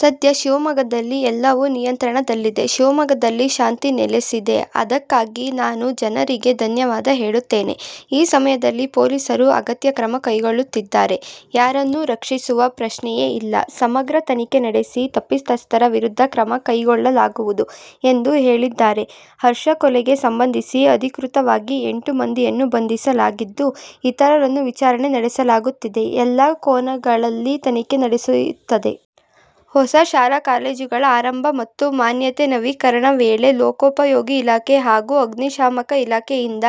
ಸದ್ಯ ಶಿವಮೊಗ್ಗದಲ್ಲಿ ಎಲ್ಲವೂ ನಿಯಂತ್ರಣದಲ್ಲಿದೆ, ಶಿವಮೊಗ್ಗದಲ್ಲಿ ಶಾಂತಿ ನೆಲೆಸಿದೆ. ಅದಕ್ಕಾಗಿ ನಾನು ಜನರಿಗೆ ಧನ್ಯವಾದ ಹೇಳುತ್ತೇನೆ. ಈ ಸಮಯದಲ್ಲಿ ಪೊಲೀಸರು ಅಗತ್ಯ ಕ್ರಮ ಕೈಗೊಳ್ಳುತ್ತಿದ್ದಾರೆ. ಯಾರನ್ನೂ ರಕ್ಷಿಸುವ ಪ್ರಶ್ನೆಯೇ ಇಲ್ಲ, ಸಮಗ್ರ ತನಿಖೆ ನಡೆಸಿ ತಪ್ಪಿತಸ್ಥರ ವಿರುದ್ಧ ಕ್ರಮ ಕೈಗೊಳ್ಳಲಾಗುವುದು ಎಂದು ಹೇಳಿದ್ದಾರೆ. ಹರ್ಷ ಕೊಲೆಗೆ ಸಂಬಂಧಿಸಿ ಅಧಿಕೃತವಾಗಿ ಎಂಟು ಮಂದಿಯನ್ನು ಬಂಧಿಸಲಾಗಿದ್ದು, ಇತರರನ್ನು ವಿಚಾರಣೆ ನಡೆಸಲಾಗುತ್ತಿದೆ, ಎಲ್ಲಾ ಕೋನಗಳಲ್ಲಿ ತನಿಖೆ ನಡೆಯುತ್ತಿದೆ. ಹೊಸ ಶಾಲಾ-ಕಾಲೇಜುಗಳ ಆರಂಭ ಮತ್ತು ಮಾನ್ಯತೆ ನವೀಕರಣ ವೇಳೆ ಲೋಕೋಪಯೋಗಿ ಇಲಾಖೆ ಹಾಗೂ ಅಗ್ನಿಶಾಮಕ ಇಲಾಖೆಯಿಂದ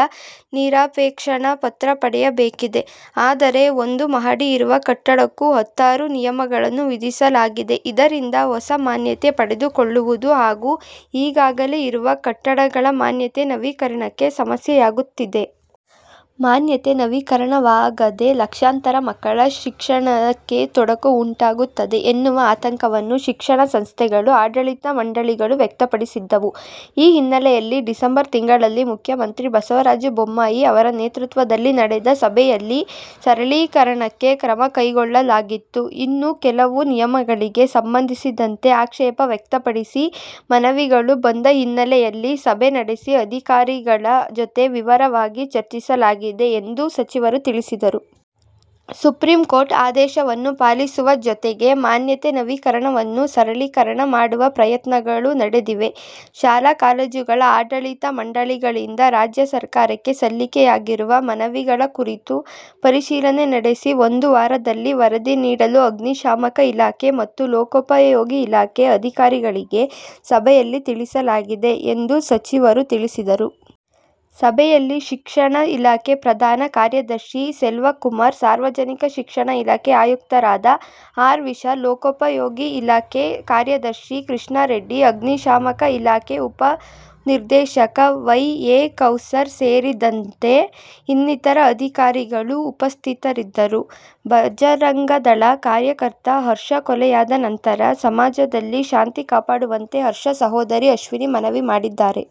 ನಿರಾಪೇಕ್ಷಣ ಪತ್ರ ಪಡೆಯಬೇಕಿದೆ. ಆದರೆ, ಒಂದು ಮಹಡಿ ಇರುವ ಕಟ್ಟಡಕ್ಕೂ ಹತ್ತಾರು ನಿಯಮಗಳನ್ನು ವಿಧಿಸಲಾಗಿದೆ. ಇದರಿಂದ ಹೊಸ ಮಾನ್ಯತೆ ಪಡೆದುಕೊಳ್ಳುವುದು ಹಾಗೂ ಈಗಾಗಲೇ ಇರುವ ಕಟ್ಟಡಗಳ ಮಾನ್ಯತೆ ನವೀಕರಣಕ್ಕೆ ಸಮಸ್ಯೆಯಾಗುತ್ತಿದೆ. ಮಾನ್ಯತೆ ನವೀಕರಣವಾಗದೆ ಲಕ್ಷಾಂತರ ಮಕ್ಕಳ ಶಿಕ್ಷಣಕ್ಕೆ ತೊಡಕು ಉಂಟಾಗುತ್ತದೆ ಎನ್ನುವ ಆತಂಕವನ್ನು ಶಿಕ್ಷಣ ಸಂಸ್ಥೆಗಳು, ಆಡಳಿತ ಮಂಡಳಿಗಳು ವ್ಯಕ್ತಪಡಿಸಿದ್ದವು. ಈ ಹಿನ್ನೆಲೆಯಲ್ಲಿ ಡಿಸೆಂಬರ್ ತಿಂಗಳಲ್ಲಿ ಮುಖ್ಯಮಂತ್ರಿ ಬಸವರಾಜ ಬೊಮ್ಮಾಯಿ ಅವರ ನೇತೃತ್ವದಲ್ಲಿ ನಡೆದ ಸಭೆಯಲ್ಲಿ ಸರಳೀಕರಣಕ್ಕೆ ಕ್ರಮ ಕೈಗೊಳ್ಳಲಾಗಿತ್ತು. ಇನ್ನು ಕೆಲವು ನಿಯಮಗಳಿಗೆ ಸಂಬಂಧಿಸಿದಂತೆ ಆಕ್ಷೇಪ ವ್ಯಕ್ತಪಡಿಸಿ ಮನವಿಗಳು ಬಂದ ಹಿನ್ನೆಲೆಯಲ್ಲಿ ಸಭೆ ನಡೆಸಿ ಅಧಿಕಾರಿಗಳ ಜೊತೆ ವಿವರವಾಗಿ ಚರ್ಚಿಸಲಾಗಿದೆ ಎಂದು ಸಚಿವರು ತಿಳಿಸಿದರು. 'ಸುಪ್ರೀಂಕೋರ್ಟ್ ಆದೇಶವನ್ನು ಪಾಲಿಸುವ ಜೊತೆಗೆ ಮಾನ್ಯತೆ ನವೀಕರಣವನ್ನು ಸರಳೀಕರಣ ಮಾಡುವ ಪ್ರಯತ್ನಗಳು ನಡೆದಿವೆ. ಶಾಲಾ-ಕಾಲೇಜುಗಳ ಆಡಳಿತ ಮಂಡಳಿಗಳಿಂದ ರಾಜ್ಯ ಸರ್ಕಾರಕ್ಕೆ ಸಲ್ಲಿಕೆಯಾಗಿರುವ ಮನವಿಗಳ ಕುರಿತು ಪರಿಶೀಲನೆ ನಡೆಸಿ ಒಂದು ವಾರದಲ್ಲಿ ವರದಿ ನೀಡಲು ಅಗ್ನಿಶಾಮಕ ಇಲಾಖೆ ಮತ್ತು ಲೋಕೋಪಯೋಗಿ ಇಲಾಖೆ ಅಧಿಕಾರಿಗಳಿಗೆ ಸಭೆಯಲ್ಲಿ ತಿಳಿಸಲಾಗಿದೆ' ಎಂದು ಸಚಿವರು ತಿಳಿಸಿದರು. ಸಭೆಯಲ್ಲಿ ಶಿಕ್ಷಣ ಇಲಾಖೆ ಪ್ರಧಾನ ಕಾರ್ಯದರ್ಶಿ ಸೆಲ್ವಕುಮಾರ್, ಸಾರ್ವಜನಿಕ ಶಿಕ್ಷಣ ಇಲಾಖೆ ಆಯುಕ್ತರಾದ ಆರ್. ವಿಶಾಲ್, ಲೋಕೋಪಯೋಗಿ ಇಲಾಖೆ ಕಾರ್ಯದರ್ಶಿ ಕೃಷ್ಣಾರೆಡ್ಡಿ, ಅಗ್ನಿಶಾಮಕ ಇಲಾಖೆ ಉಪ ನಿರ್ದೇಶಕ ವೈ. ಎ. ಕೌಸರ್ ಸೇರಿದಂತೆ ಇನ್ನಿತರ ಅಧಿಕಾರಿಗಳು ಉಪಸ್ಥಿತರಿದ್ದರು. ಬಜರಂಗದಳ ಕಾರ್ಯಕರ್ತ ಹರ್ಷ ಕೊಲೆಯಾದ ನಂತರ ಸಮಾಜದಲ್ಲಿ ಶಾಂತಿ ಕಾಪಾಡುವಂತೆ ಹರ್ಷ ಸಹೋದರಿ ಅಶ್ವಿನಿ ಮನವಿ ಮಾಡಿದ್ದಾರೆ.